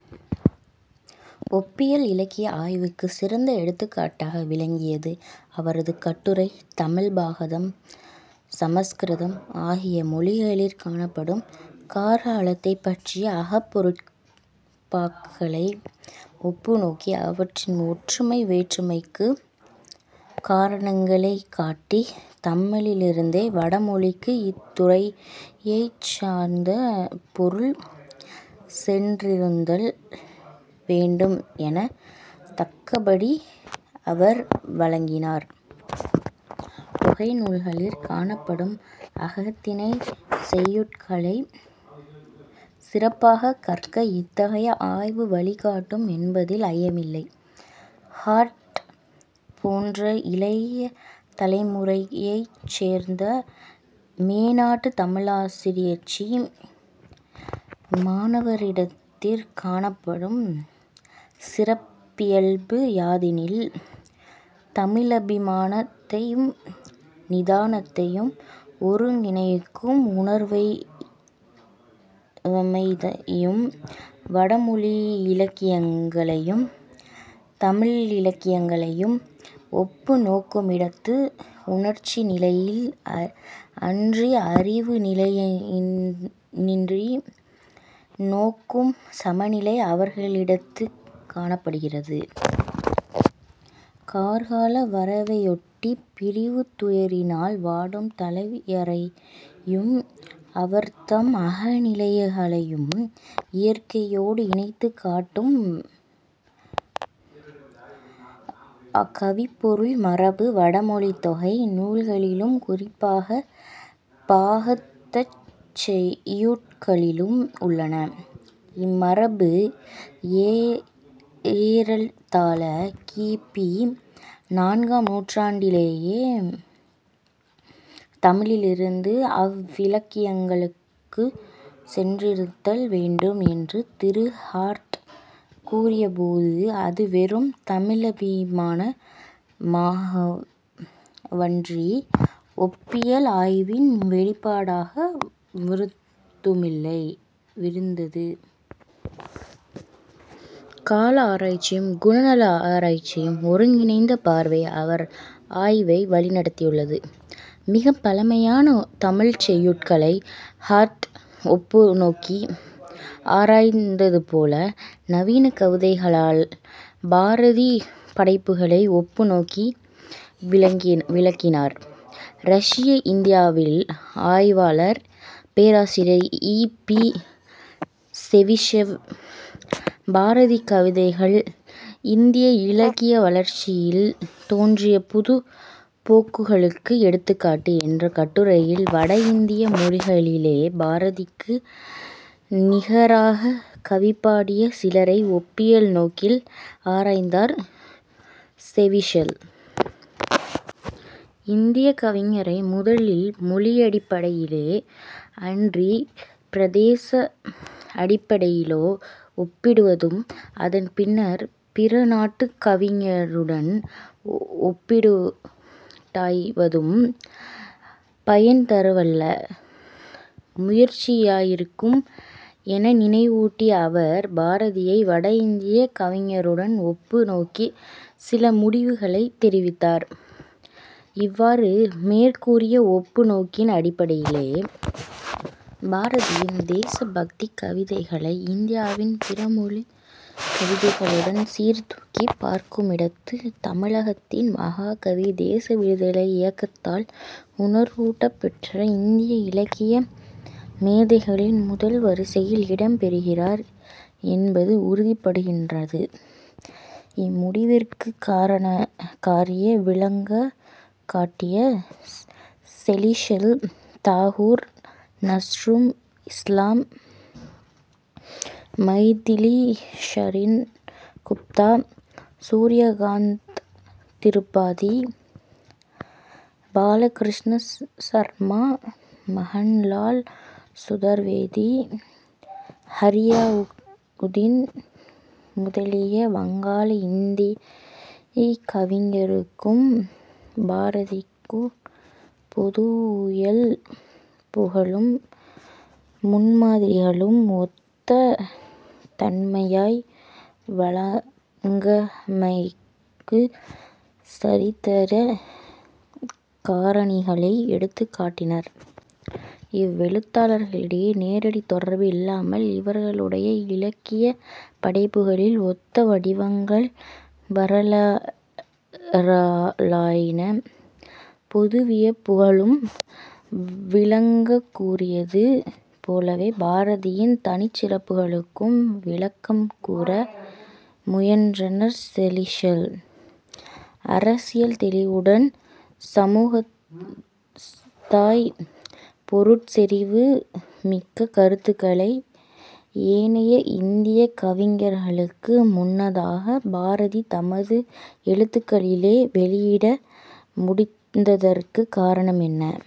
ஒப்பியல் இலக்கிய ஆய்வுக்குச் சிறந்த எடுத்துக்காட்டாக விளங்கியது அவரது கட்டுரை, தமிழ் பாகதம், சமஸ்கிருதம் ஆகிய மொழிகளிற் காணப்படும கார்காலத்தைப் பற்றிய அகப்பொருட்பாக்களை ஒப்புநோக்கி, அவற்றின் ஒற்றுமை வேற்றுமைக்குக் காரணங்களைக் காட்டி, தமிழிலிருந்தே வட மொழிக்கு இத்துறையைச்சார்ந்த பொருள் சென்றிருந்தல் வேண்டும் எனத் தக்கபடி அவர் வழங்கினார். தொகை நூல்களிற் காணப்படும் அகத்திணைச் செய்யுட்களைச் சிறப்பாகக் கற்க இத்தகைய ஆய்வு வழி காட்டும் என்பதில் ஐயமில்லை. ஹார்ட் போன்ற இளைய தலைமுறையைச் சேர்ந்த மேனாட்டுத் தமிழ்ஆசிரய்ச்சி மாணவரிடத்திற் காணப்படும் சிறப்பியல்பு யாதெனில் தமிழபிமானத்தையும் நிதானத்தையும் ஒருங்கிணைக்கும் உணர்வமைதி. வடமொழியிலக்கியங்களையும் தமிழிலக்கியங்களையும் ஒப்பு நோக்குமிடத்து உணர்ச்சி நிலையில் அன்றி அறிவு நிலையினின்று நோக்கும் சமநிலை அவர்களிடத்துக் காணப்படுகிறது. கார்கால வரவையொட்டிப் பிரிவுத் துயரினால் வாடும் தலைவியரையும் அவர்தம் அகநிலைகளையும் இயற்கையோடு இணைத்துக் காட்டும் கவிப்பொருள் மரபு வடமொழித் தொகை நூல்களிலும் குறிப்பாகப் பாகதச் செய்யுட்களிலும் உள்ளன. இம்மரபு ஏறத்தாழ கி. பி. நான்காம் நூற்றாண்டிலேயே தமிழிலிருந்து அவ்விலக்கியங்களுக்குச் சென்றிருத்தல் வேண்டும் என்று திரு. ஹார்ட் கூறிய போது, அது வெறும் தமிழபிமான மாகவன்றி ஒப்பியல் ஆய்வின் வௌிப்பாடாக விருந்தது. கால ஆராய்ச்சியும் குணநல ஆராய்ச்சியும் ஒருங்கிணைந்த பார்வை அவர் ஆய்வை வழிநடத்தியுள்ளது. மிகப் பழமையான தமிழ்ச் செய்யுட்களை ஹார்ட் ஒப்பு நோக்கி ஆராய்ந்தது போல, நவீன கவிதைகளால் பாரதி படைப்புக்களை ஒப்பு நோக்கி விளக்கினார் ரஷ்ய இந்தியாவில் ஆய்வாளர், பேராசிரியர் இ. பி. செவிஷெவ், "பாரதி கவிதைகள் இந்திய இலக்கிய வளர்ச்சியில் தோன்றிய புது போக்குகளுக்கு எடுத்துக்காட்டு" என்ற கட்டுரையில் வட இந்திய மொழிகளிலே பாரதிக்கு நிகராகக் கவிபாடிய சிலரை ஒப்பியல் நோக்கில் ஆராய்ந்தார் செவிஷெல். இந்தியக் கவிஞரை முதலில் மொழியடிப்படையிலோ அன்றிப் பிரதேச அடிப்படையிலோ ஒப்பிடுவதும், அதன் பின்னர் பிற நாட்டுக் கவிஞருடன் ஒப்பிட்டாய்வதும், பயன்தரவல்ல முயற்சியாயிருக்கும் என நினைவூட்டிய அவர், பாரதியை வட இந்தியக் கவிஞருடன் ஒப்பு நோக்கிச் சில முடிவுகளைத் தெரிவித்தார். "இவ்வாறு மேற்கூறிய ஒப்பு நோக்கின் அடிப்படையிலே, பாரதியின் தேசபக்திக் கவிதைகளை இந்தியாவின் பிற மொழிக் கவிதைகளுடன் சீர்தூக்கிப் பார்க்குமிடத்து, தமிழகத்தின் மகாகவி தேச விடுதலை இயக்கத்தால் உணர்வூட்டப் பெற்ற இந்திய இலக்கிய மேதைகளின் முதல் வரிசையில் இடம் பெறுகிறார் என்பது உறுதிப்படுகின்றது" இம்முடிவிற்குக் காரண காரிய விளங்க காட்டிய செலிஷெவ், தாகூர், நஸ்ருல் இஸ்ஸாம், மைதிலிஷரண் குப்தா, சூர்யகாந்த் திருபாதி, பாலகிருஷ்ண சர்மா, மகன்லால் சுதர்வேதி, ஹரியவுதின் முதலிய வங்காள, இந்திக் கவிஞருக்கும் பாரதிக்கும் பொதுவுயல்புகளும் முன்மாதிரிகளும் ஒத்த தன்மையாய் விளங்கயமைக்குச் சரித்திரக் காரணிகளை எடுத்துக் காட்டினார். "இவ்வெழுத்தாளர்களிடையே நேரடித் தொடர்பு இல்லாமல் இவர்களுடைய இலக்கியப் படைப்புக்களில் ஒத்த வடிவங்கள் வளரலாயின. பொதுவியபுகளும் விளங்க கூறியது போலவே, "பாரதியின் தனிச் சிறப்புகளுக்கும் விளக்கம் கூற முயன்றனர் செலிஷெல். " அரசியல் தௌிவுடன் சமுகதாய் பொருட்செறிவு மிக்க கருத்துக்களை, ஏனைய இந்தியக் கவிஞர்களுக்கு முன்னதாக, பாரதி தமது எழுத்துக்களிலே வௌியிட முடிந்ததற்குக் காரணம் என்ன?